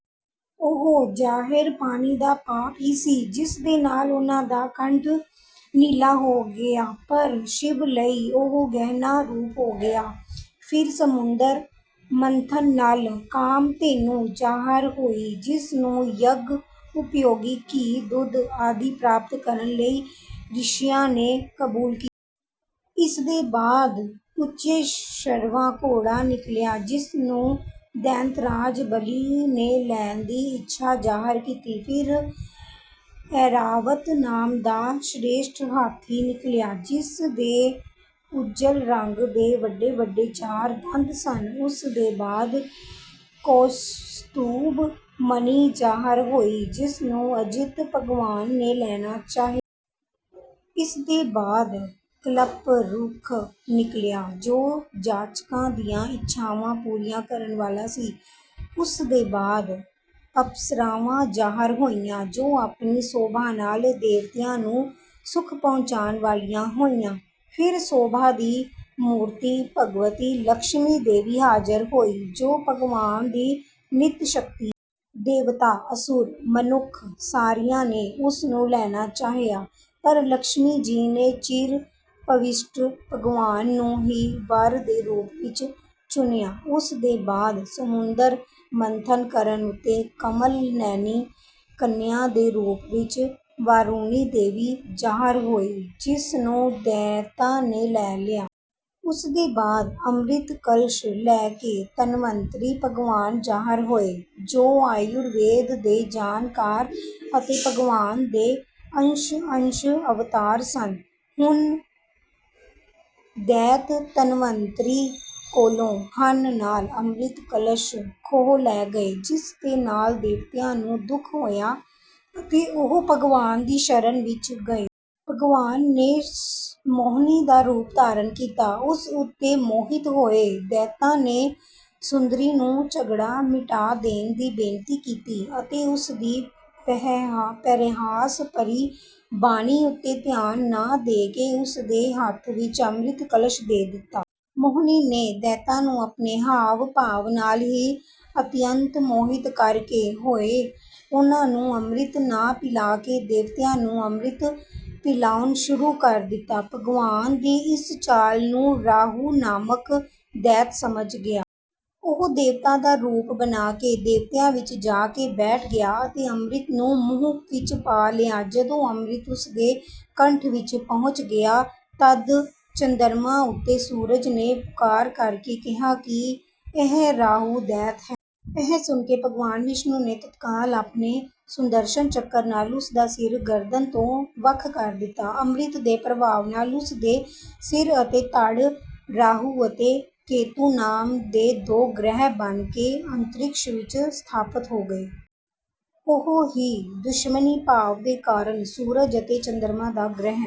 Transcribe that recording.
ਉਹ ਜ਼ਹਿਰ ਪਾਣੀ ਦਾ ਪਾਪ ਹੀ ਸੀ, ਜਿਸਦੇ ਨਾਲ ਉਨ੍ਹਾਂ ਦਾ ਕੰਠ ਨੀਲਾ ਹੋ ਗਿਆ ਪਰ ਸ਼ਿਵ ਲਈ ਉਹ ਗਹਿਣਾ ਰੂਪ ਹੋ ਗਿਆ। ਫਿਰ ਸਮੁੰਦਰ ਮੰਥਨ ਨਾਲ ਕਾਮਧੇਨੂ ਜ਼ਾਹਰ ਹੋਈ, ਜਿਸਨੂੰ ਯੱਗ-ਉਪਯੋਗੀ ਘੀ, ਦੁੱਧ ਆਦਿ ਪ੍ਰਾਪਤ ਕਰਨ ਲਈ ਰਿਸ਼ੀਆਂ ਨੇ ਕਬੂਲ ਕੀਤਾ। ਇਸਦੇ ਬਾਅਦ ਉੱਚੈਸ਼ਰਵਾ ਘੋੜਾ ਨਿਕਲਿਆ, ਜਿਸਨੂੰ ਦੈਂਤਰਾਜ ਬਲੀ ਨੇ ਲੈਣ ਦੀ ਇੱਛਾ ਜ਼ਾਹਰ ਕੀਤੀ। ਫਿਰ ਐਰਾਵਤ ਨਾਮ ਦਾ ਸ੍ਰੇਸ਼ਟ ਹਾਥੀ ਨਿਕਲਿਆ, ਜਿਸਦੇ ਉੱਜਲ ਰੰਗ ਦੇ ਵੱਡੇ-ਵੱਡੇ ਚਾਰ ਦੰਦ ਸਨ। ਉਸਦੇ ਬਾਅਦ ਕੌਸਤੁਭ ਮਣੀ ਜ਼ਾਹਰ ਹੋਈ, ਜਿਸਨੂੰ ਅਜਿਤ ਭਗਵਾਨ ਨੇ ਲੈਣਾ ਚਾਹਿਆ। ਇਸਦੇ ਬਾਅਦ ਕਲਪ ਰੁੱਖ ਨਿਕਲਿਆ, ਜੋ ਜਾਚਕਾਂ ਦੀਆਂ ਇੱਛਾਵਾਂ ਪੂਰੀਆਂ ਕਰਨ ਵਾਲਾ ਸੀ। ਉਸਦੇ ਬਾਅਦ ਅਪਸਰਾਵਾਂ ਜ਼ਾਹਰ ਹੋਈਆਂ, ਜੋ ਆਪਣੀ ਸ਼ੋਭਾ ਨਾਲ ਦੇਵਤਿਆਂ ਨੂੰ ਸੁਖ ਪਹੁੰਚਾਉਣ ਵਾਲੀਆਂ ਹੋਈਆਂ। ਫਿਰ ਸ਼ੋਭਾ ਦੀ ਮੂਰਤੀ ਭਗਵਤੀ ਲਕਸ਼ਮੀ ਦੇਵੀ ਜ਼ਾਹਰ ਹੋਈ, ਜੋ ਭਗਵਾਨ ਦੀ ਨਿੱਤ ਸ਼ਕਤੀ ਹੈ। ਦੇਵਤਾ, ਅਸੁਰ, ਮਨੁੱਖ ਸਾਰਿਆਂ ਨੇ ਉਸ ਨੂੰ ਲੈਣਾ ਚਾਹਿਆ, ਪਰ ਲਕਸ਼ਮੀ ਜੀ ਨੇ ਚਿਰ-ਅਭੀਸ਼ਟ ਭਗਵਾਨ ਨੂੰ ਹੀ ਵਰ ਦੇ ਰੂਪ ਵਿੱਚ ਚੁਣਿਆ। ਉਸਦੇ ਬਾਅਦ ਸਮੁੰਦਰ ਮੰਥਨ ਕਰਨ ਉੱਤੇ ਕਮਲ-ਨੈਣੀ ਕੰਨਿਆ ਦੇ ਰੂਪ ਵਿੱਚ ਵਾਰੁਣੀ ਦੇਵੀ ਜ਼ਾਹਰ ਹੋਈ, ਜਿਸਨੂੰ ਦੈਤਾਂ ਨੇ ਲੈ ਲਿਆ। ਉਸਦੇ ਬਾਅਦ ਅੰਮ੍ਰਿਤ ਕਲਸ਼ ਲੈ ਕੇ ਧਨਵੰਤਰੀ ਭਗਵਾਨ ਜ਼ਾਹਰ ਹੋਏ, ਜੋ ਆਯੁਰਵੇਦ ਦੇ ਜਾਣਕਾਰ ਅਤੇ ਭਗਵਾਨ ਦੇ ਅੰਸ਼-ਅੰਸ਼ ਅਵਤਾਰ ਸਨ। ਹੁਣ ਦੈਤ ਧਨਵੰਤਰੀ ਕੋਲੋਂ ਹਠ ਨਾਲ ਅੰਮ੍ਰਿਤ ਕਲਸ਼ ਖੋਹ ਲੈ ਗਏ, ਜਿਸਦੇ ਨਾਲ ਦੇਵਤਿਆਂ ਨੂੰ ਦੁੱਖ ਹੋਇਆ ਅਤੇ ਉਹ ਭਗਵਾਨ ਦੀ ਸ਼ਰਨ ਵਿੱਚ ਗਏ। ਭਗਵਾਨ ਨੇ ਮੋਹਣੀ ਦਾ ਰੂਪ ਧਾਰਨ ਕੀਤਾ। ਉਸ ਉੱਤੇ ਮੋਹਿਤ ਹੋਏ ਦੈਤਾਂ ਨੇ ਸੁੰਦਰੀ ਨੂੰ ਝਗੜਾ ਮਿਟਾ ਦੇਣ ਦੀ ਬੇਨਤੀ ਕੀਤੀ ਅਤੇ ਉਸਦੀ ਪਰਿਹਾਸ-ਭਰੀ ਬਾਣੀ ਉੱਤੇ ਧਿਆਨ ਨਾ ਦੇ ਕੇ ਉਸਦੇ ਹੱਥ ਵਿੱਚ ਅੰਮ੍ਰਿਤ ਕਲਸ਼ ਦੇ ਦਿੱਤਾ। ਮੋਹਣੀ ਨੇ ਦੈਤਾਂ ਨੂੰ ਆਪਣੇ ਹਾਵ-ਭਾਵ ਨਾਲ ਹੀ ਅਤਿਅੰਤ ਮੋਹਿਤ ਕਰਦੇ ਹੋਏ ਉਨ੍ਹਾਂ ਨੂੰ ਅੰਮ੍ਰਿਤ ਨਾ ਪਿਲਾ ਕੇ ਦੇਵਤਿਆਂ ਨੂੰ ਅੰਮ੍ਰਿਤ ਪਿਲਾਉਣਾ ਸ਼ੁਰੂ ਕਰ ਦਿੱਤਾ। ਭਗਵਾਨ ਦੀ ਇਸ ਚਾਲ ਨੂੰ ਰਾਹੂ ਨਾਮਕ ਦੈਤ ਸਮਝ ਗਿਆ। ਉਹ ਦੇਵਤਾ ਦਾ ਰੂਪ ਬਣਾ ਕੇ ਦੇਵਤਿਆਂ ਵਿੱਚ ਜਾ ਕੇ ਬੈਠ ਗਿਆ ਅਤੇ ਅੰਮ੍ਰਿਤ ਨੂੰ ਮੂੰਹ ਵਿੱਚ ਪਾ ਲਿਆ। ਜਦੋਂ ਅੰਮ੍ਰਿਤ ਉਸਦੇ ਕੰਠ ਵਿੱਚ ਪਹੁੰਚ ਗਿਆ, ਤੱਦ ਚੰਦਰਮਾ ਅਤੇ ਸੂਰਜ ਨੇ ਪੁਕਾਰ ਕਰ ਕੇ ਕਿਹਾ ਕਿ ਇਹ ਰਾਹੂ ਦੈਤ ਹੈ। ਇਹ ਸੁਣਕੇ ਭਗਵਾਨ ਵਿਸ਼ਨੂੰ ਨੇ ਤੱਤਕਾਲ ਆਪਣੇ ਸੁਦਰਸ਼ਨ ਚੱਕਰ ਨਾਲ ਉਸਦਾ ਸਿਰ ਗਰਦਨ ਤੋਂ ਵੱਖ ਕਰ ਦਿੱਤਾ। ਅੰਮ੍ਰਿਤ ਦੇ ਪ੍ਰਭਾਵ ਨਾਲ ਉਸਦੇ ਸਿਰ ਅਤੇ ਧੜ ਰਾਹੂ ਅਤੇ ਕੇਤੂ ਨਾਮ ਦੇ ਦੋ ਗ੍ਰਹਿ ਬਣ ਕੇ ਅੰਤਰਿਕਸ਼ ਵਿੱਚ ਸਥਾਪਤ ਹੋ ਗਏ। ਉਹ ਹੀ ਦੁਸ਼ਮਣੀ ਭਾਵ ਦੇ ਕਾਰਨ ਸੂਰਜ ਅਤੇ ਚੰਦਰਮਾ ਦਾ ਗ੍ਰਹਿਣ